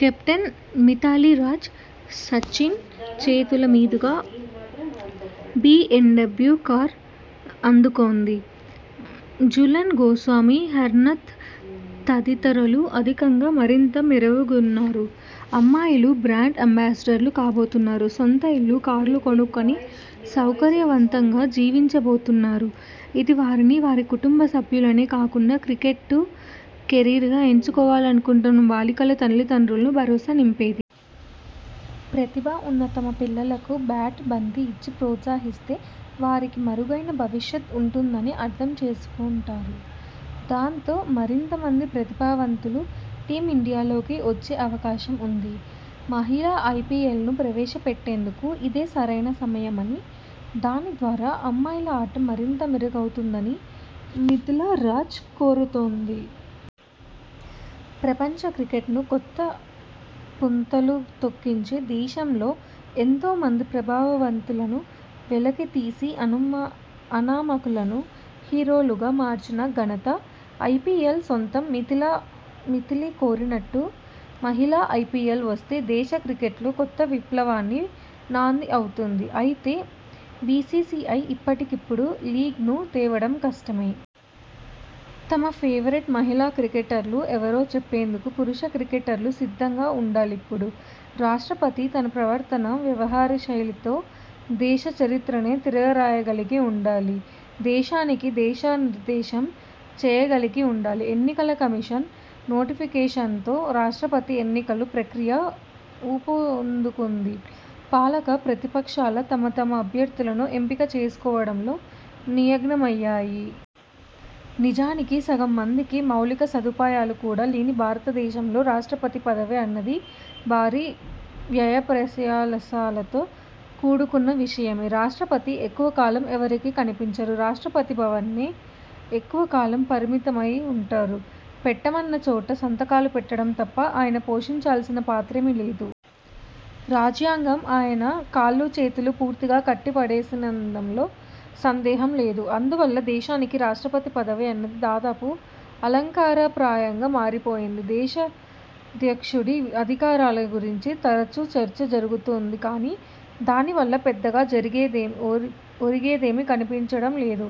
Captain Mithali Raj Sachin చేతుల మీదుగా BMW car అందుకోనుంది. Jhulan Goswami, Harman తదితరులు ఆర్థికంగా మరింత మెరుగవనున్నారు. అమ్మాయిలు బ్రాండ్ అంబాసిడర్లు కాబోతున్నారు. సొంత ఇళ్లు, కార్లు కొనుక్కొని సౌకర్యవంతంగా జీవించబోతున్నారు. ఇది వారిని, వారి కుటుంబ సభ్యులనే కాకుండా క్రికెట్ను కెరీర్గా ఎంచుకోవాలనుకుంటున్న బాలికల తల్లిదండ్రుల్లోనూ భరోసా నింపేదే. ప్రతిభ ఉన్న తమ పిల్లలకు బ్యాటు, బంతి ఇచ్చి ప్రోత్సహిస్తే వారికి మెరుగైన భవిష్యత్ ఉంటుందని అర్థం చేసుకుం టారు. దాంతో, మరింతమంది ప్రతిభావంతులు టీమిండియాలోకి వచ్చే అవకాశం ఉంది. మహిళా ఐపీఎల్ను ప్రవేశ పెట్టేందుకు ఇదే సరైన సమయమని, దాని ద్వారా అమ్మాయిల ఆట మరింత మెరుగవుతుందని మిథాలీ రాజ్ కోరుతోంది. ప్రపంచ క్రికెట్ను కొత్త పుంతలు తొక్కించి దేశంలో ఎంతో మంది ప్రతిభావంతులను వెలికితీసి అనామకులను హీరోలుగా మార్చిన ఘనత ఐపీఎల్ సొంతం. మిథాలీ కోరినట్టు మహి ళా ఐపీఎల్ వస్తే దేశ క్రికెట్లో కొత్త విప్లవానికి నాంది అవుతుంది. అయితే, బీసీసీఐ ఇప్పటికిప్పుడు లీగ్ను తేవడం కష్టమే. తమ ఫేవరెట్ మహిళా క్రికెటర్లు ఎవరో చెప్పేందుకు పురుష క్రికెటర్లు సిద్ధంగా ఉండాలిప్పుడు! రాష్ట్రపతి తన ప్రవర్తన, వ్యవహారశైలితో దేశ చరిత్రనే తిరగరాయగలిగి ఉండాలి. దేశానికి దిశానిర్దేశం చేయగలిగి ఉండాలి. ఎన్నికల కమిషన్ నోటిఫికేషన్తో రాష్ట్రపతి ఎన్నికల ప్రక్రియ ఊపందుకుంది. పాలక, ప్రతిపక్షాలు తమ తమ అభ్యర్థులను ఎంపిక చేసుకోవడంలో నిమగ్నమయ్యాయి. నిజానికి, సగం మందికి మౌలిక సదుపాయాలు కూడా లేని భారతదేశంలో రాష్ట్రపతి పదవి అన్నది భారీ వ్యయప్రయాసలతో కూడుకున్న విషయమే. రాష్ట్రపతి ఎక్కువ కాలం ఎవరికీ కనిపించరు. రాష్ట్రపతి భవన్కే ఎక్కువ కాలం పరిమితమై ఉంటారు. పెట్టమన్న చోట సంతకాలు పెట్టడం తప్ప ఆయన పోషించాల్సిన పాత్రేమీ లేదు. రాజ్యాంగం ఆయన కాళ్లూ చేతులూ పూర్తిగా కట్టి పడేసిందనడంలో సందేహం లేదు. అందువల్ల దేశానికి రాష్ట్రపతి పదవి అన్నది దాదాపు అలంకారప్రాయంగా మారిపోయింది. దేశాధ్యక్షుడి అధికారాల గురించి తరచూ చర్చ జరుగుతుంటుంది కానీ, దాని వల్ల పెద్దగా ఒరిగేదేమీ కనిపించడం లేదు.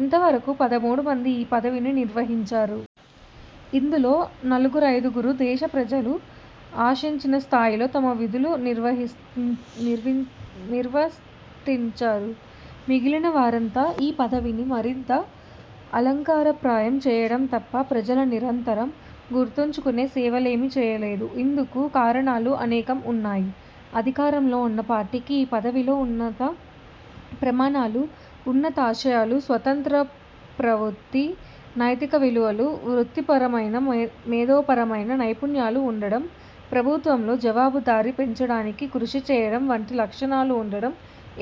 ఇంతవరకూ పదమూడు మంది ఈ పదవిని నిర్వహించారు. ఇందులో నలుగురైదుగురే దేశ ప్రజలు ఆశించిన స్థాయిలో తమ విధులు నిర్వర్తించారు. మిగిలినవారంతా ఈ పదవిని మరింత అలంకారప్రాయం చేయడం తప్ప ప్రజలు నిరంతరం గుర్తుంచుకునే సేవలేమీ చేయలేదు. ఇందుకు కారణాలు అనేకం ఉన్నాయి. అధికారంలో ఉన్న పార్టీకి ఈ పదవిలో ఉన్నత ప్రమాణాలు, ఉన్నతాశయాలు, స్వతంత్ర ప్రవృత్తి, నైతిక విలువలు, వృత్తిపరమైన, మేధోపరమైన నైపుణ్యాలు ఉండడం, ప్రభుత్వంలో జవాబు దారీ పెంచడానికి కృషి చేయడం వంటి లక్షణాలు ఉండడం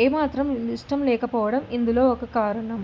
ఏమాత్రం ఇష్టం లేకపోవడం ఇందులో ఒక కారణం.